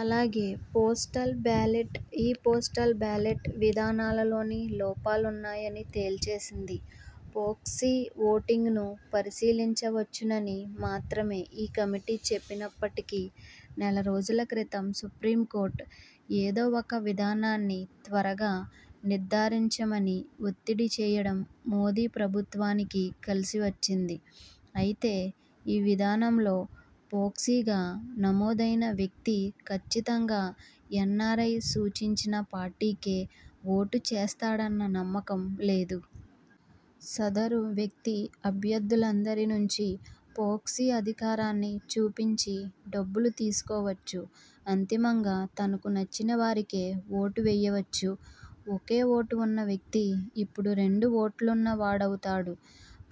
అలాగే, postal ballot, e postal ballot విధానాల్లోనూ లోపాలున్నాయని తేల్చేసింది. పోక్సీ ఓటింగ్ను పరిశీలించవచ్చునని మాత్రమే ఈ కమిటీ చెప్పినప్పటికీ, నెలరోజుల క్రితం సుప్రీంకోర్టు ఏదో ఒక విధానాన్ని త్వరగా నిర్థారించమని ఒత్తిడిచేయడం మోదీ ప్రభుత్వానికి కలిసివచ్చింది. అయితే, ఈ విధానంలో ప్రాక్సీగా నమోదైన వ్యక్తి కచ్చితంగా ఎన్నారై సూచించిన పార్టీకే ఓటుచేస్తాడన్న నమ్మకం లేదు. సదరు వ్యక్తి అభ్యర్థులందరినుంచీ పోక్సీ అధికారాన్ని చూపించి డబ్బులు తీసుకోవచ్చు, అంతిమంగా తనకు నచ్చినవారికే ఓటువేయవచ్చు. ఒకే ఓటు వున్న వ్యక్తి ఇప్పుడు రెండు ఓట్లున్న వాడవుతాడు.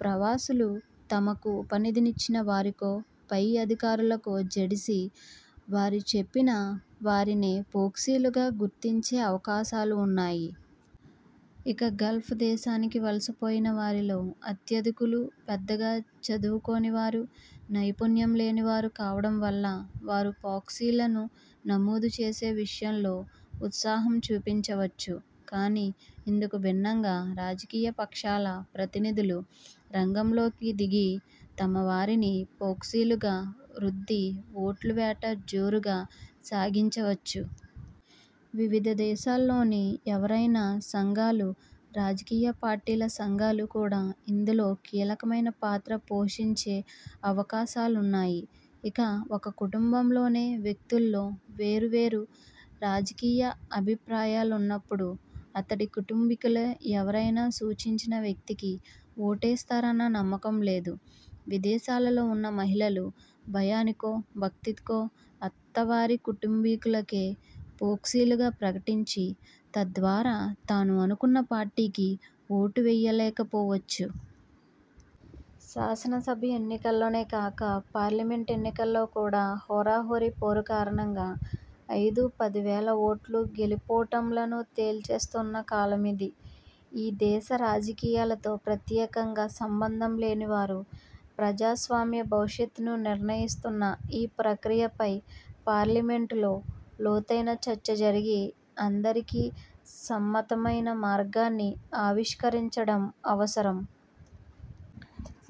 ప్రవాసులు తమకు ఉపాధినిచ్చిన వారికో, పై అధికారులకో జడిసి వారు చెప్పిన వారినే ప్రాక్సీలుగా గుర్తించే అవకాశాలూ ఉన్నాయి. ఇక గల్ఫ్ దేశానికి వలసపోయిన వారిలో అత్యధికులు పెద్దగా చదువుకోనివారు, నైపుణ్యంలేని వారు కావడం వల్ల వారు 'ప్రాక్సీ'లను నమోదు చేసే విషయంలో ఉత్సాహం చూపించకపోవచ్చు. కానీ, ఇందుకు భిన్నంగా రాజకీయపక్షాల ప్రతినిధులు రంగంలోకి దిగి తమవారిని ప్రాక్సీలుగా రుద్ది ఓట్ల వేట జోరుగా సాగించవచ్చు. వివిధ దేశాల్లోని ఎన్నారై సంఘాలు, రాజకీయపార్టీల సంఘాలు కూడా ఇందులో కీలకమైన పాత్ర పోషించే అవకాశాలున్నాయి. ఇక, ఒక కుటుంబంలోని వ్యక్తుల్లో వేర్వేరు రాజకీయ అభిప్రాయాలున్నప్పుడు అతడి కుటుంబీకులే ఎన్నారై సూచించిన వ్యక్తికి ఓటేస్తారన్న నమ్మకం లేదు. విదేశాల్లో ఉన్న మహిళలు భయానికో, భక్తికో అత్తవారి కుటుంబీకులనే పోక్సీలుగా ప్రకటించి తద్వారా తాను అనుకున్న పార్టీకి ఓటువేయలేకపోవచ్చు. శాసనసభ ఎన్నికల్లోనే కాక, పార్లమెంటు ఎన్నికల్లో కూడా హోరాహోరీ పోరు కారణంగా ఐదుపదివేల ఓట్లు గెలుపోటములను తేల్చేస్తున్న కాలమిది. ఈ దేశ రాజకీయాలతో ప్రత్యకంగా సంబంధం లేనివారు ప్రజాస్వామ్య భవిష్యత్తును నిర్ణయిస్తున్న ఈ ప్రక్రియపై పార్లమెంటులో లోతైన చర్చ జరిగి అందరికీ సమ్మతమైన మార్గాన్ని ఆవిష్కరించడం అవసరం.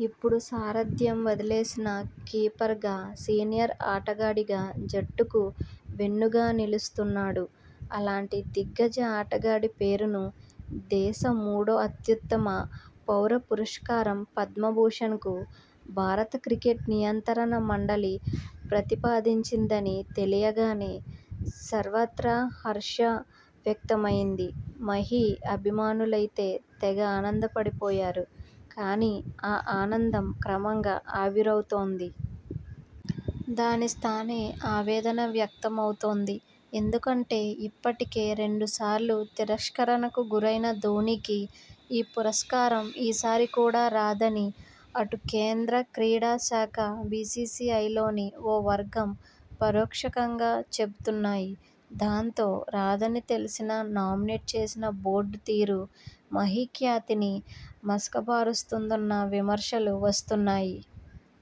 ఇప్పుడు సారథ్యం వదిలేసినా కీపర్గా, సీనియర్ ఆటగాడిగా జట్టుకు వెన్నుగా నిలుస్తున్నాడు. అలాంటి దిగ్గజ ఆటగాడి పేరును దేశ మూడో అత్యుత్తమ పౌర పురస్కారం పద్మభూషణ్కు భారత క్రికెట్ నియంత్రణ మండలి ప్రతిపాదించిందని తెలియగానే సర్వత్రా హర్షం వ్యక్తమైంది. మహీ అభిమానులైతే తెగ ఆనందపడిపోయారు. కానీ, ఆ ఆనందం క్రమంగా ఆవిరవుతోంది. దాని స్థానే ఆవేదనా వ్యక్తం అవుతోంది. ఎందుకంటే ఇప్పటికే రెండుసార్లు తిరస్కరణకు గురైన ధోనీకి ఈ పురస్కారం ఈ సారి కూడా రాదని అటు కేంద్ర క్రీడా శాఖ బీసీసీఐలోని ఓ వర్గం పరోక్షంగా చెబుతున్నాయి. దాంతో, రాదని తెలిసినా నామినేట్ చేసిన బోర్డు తీరు మహీ ఖ్యాతిని మసకబారుస్తోందన్న విమర్శలు వస్తున్నాయి.